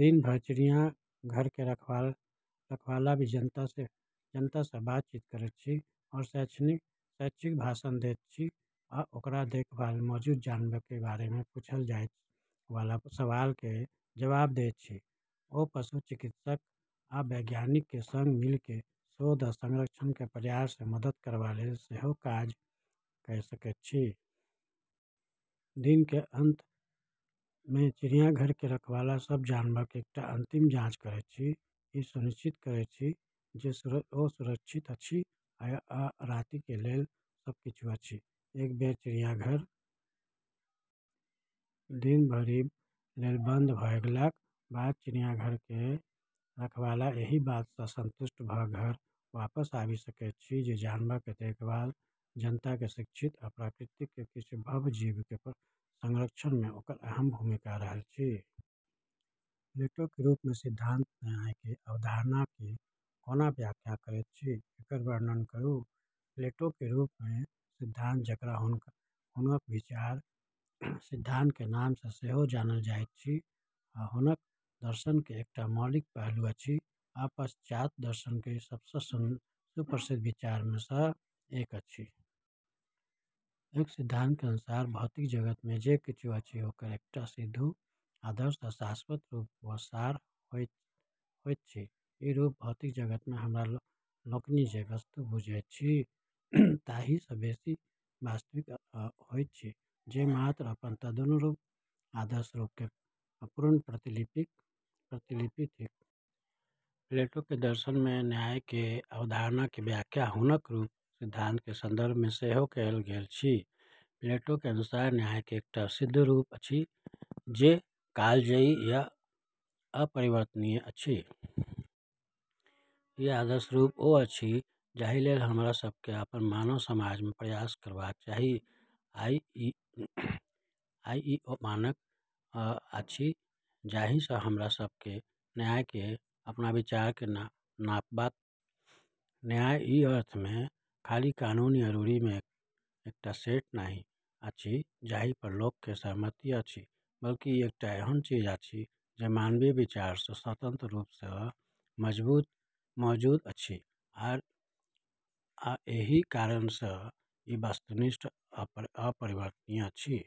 दिन भर चिड़ियाघर के रखवाला भी जनता सँ बातचीत करैत अछि, शैक्षिक भाषण दैत अछि आ ओकर देखभाल मे मौजूद जानवर के बारे मे पूछल जाइत वाला सवाल के जवाब दैत अछि। ओ पशु चिकित्सक आ वैज्ञानिक के संग मिल कए शोध आ संरक्षण प्रयास मे मदद करबा लेल सेहो काज कए सकैत अछि। दिन के अंत मे चिड़ियाघर के रखवाला सब जानवर के एकटा अंतिम जाँच करैत अछि, ई सुनिश्चित करैत अछि जे ओ सुरक्षित अछि आ राति के लेल सब किछु अछि। एक बेर चिड़ियाघर दिन भरि लेल बंद भ गेलाक बाद चिड़ियाघर के रखवाला एहि बात सँ संतुष्ट भ घर वापस आबि सकैत अछि जे जानवर के देखभाल, जनता के शिक्षित आ प्रकृति के किछ भव्य जीव के संरक्षण मे ओकर अहम भूमिका रहल अछि। प्लेटो के रूप सिद्धांत न्याय के अवधारणा के कोना व्याख्या करैत अछि, एकर वर्णन करू। प्लेटो के रूप के सिद्धांत, जकरा हुनक विचार सिद्धांत के नाम सँ सेहो जानल जाइत अछि, हुनक दर्शन के एकटा मौलिक पहलू अछि आ पाश्चात्य दर्शन के सबसँ सुप्रसिद्ध विचार मे सँ एक अछि। एहि सिद्धांत के अनुसार भौतिक जगत मे जे किछु अछि ओकर एकटा सिद्ध, आदर्श आ शाश्वत रूप वा सार होइत अछि। ई रूप भौतिक जगत मे हमरा लोकनि जे वस्तु बूझैत छी ताहि सँ बेसी वास्तविक होइत अछि, जे मात्र अपन तदनुरूप आदर्श रूप के अपूर्ण प्रतिलिपि थिक। प्लेटो के दर्शन मे न्याय के अवधारणा के व्याख्या हुनक रूप सिद्धांत के संदर्भ मे सेहो कएल गेल अछि। प्लेटो के अनुसार न्याय के एकटा सिद्ध रूप अछि, जे कालजयी आ अपरिवर्तनीय अछि। ई आदर्श रूप ओ अछि जाहि लेल हमरा सभ के अपन मानव समाज मे प्रयास करबाक चाही, आ ई ओ मानक अछि जाहि सँ हमरा सभ के न्याय के अपन विचार के नापबाक चाही। न्याय, ई अर्थ मे, खाली कानून या रूढ़ि के एकटा सेट नहि अछि जाहि पर लोक के सहमति अछि, बल्कि ई एकटा एहन चीज अछि जे मानवीय विचार सँ स्वतंत्र रूप सँ मौजूद अछि, आ एही कारण सँ ई वस्तुनिष्ठ आ अपरिवर्तनीय अछि।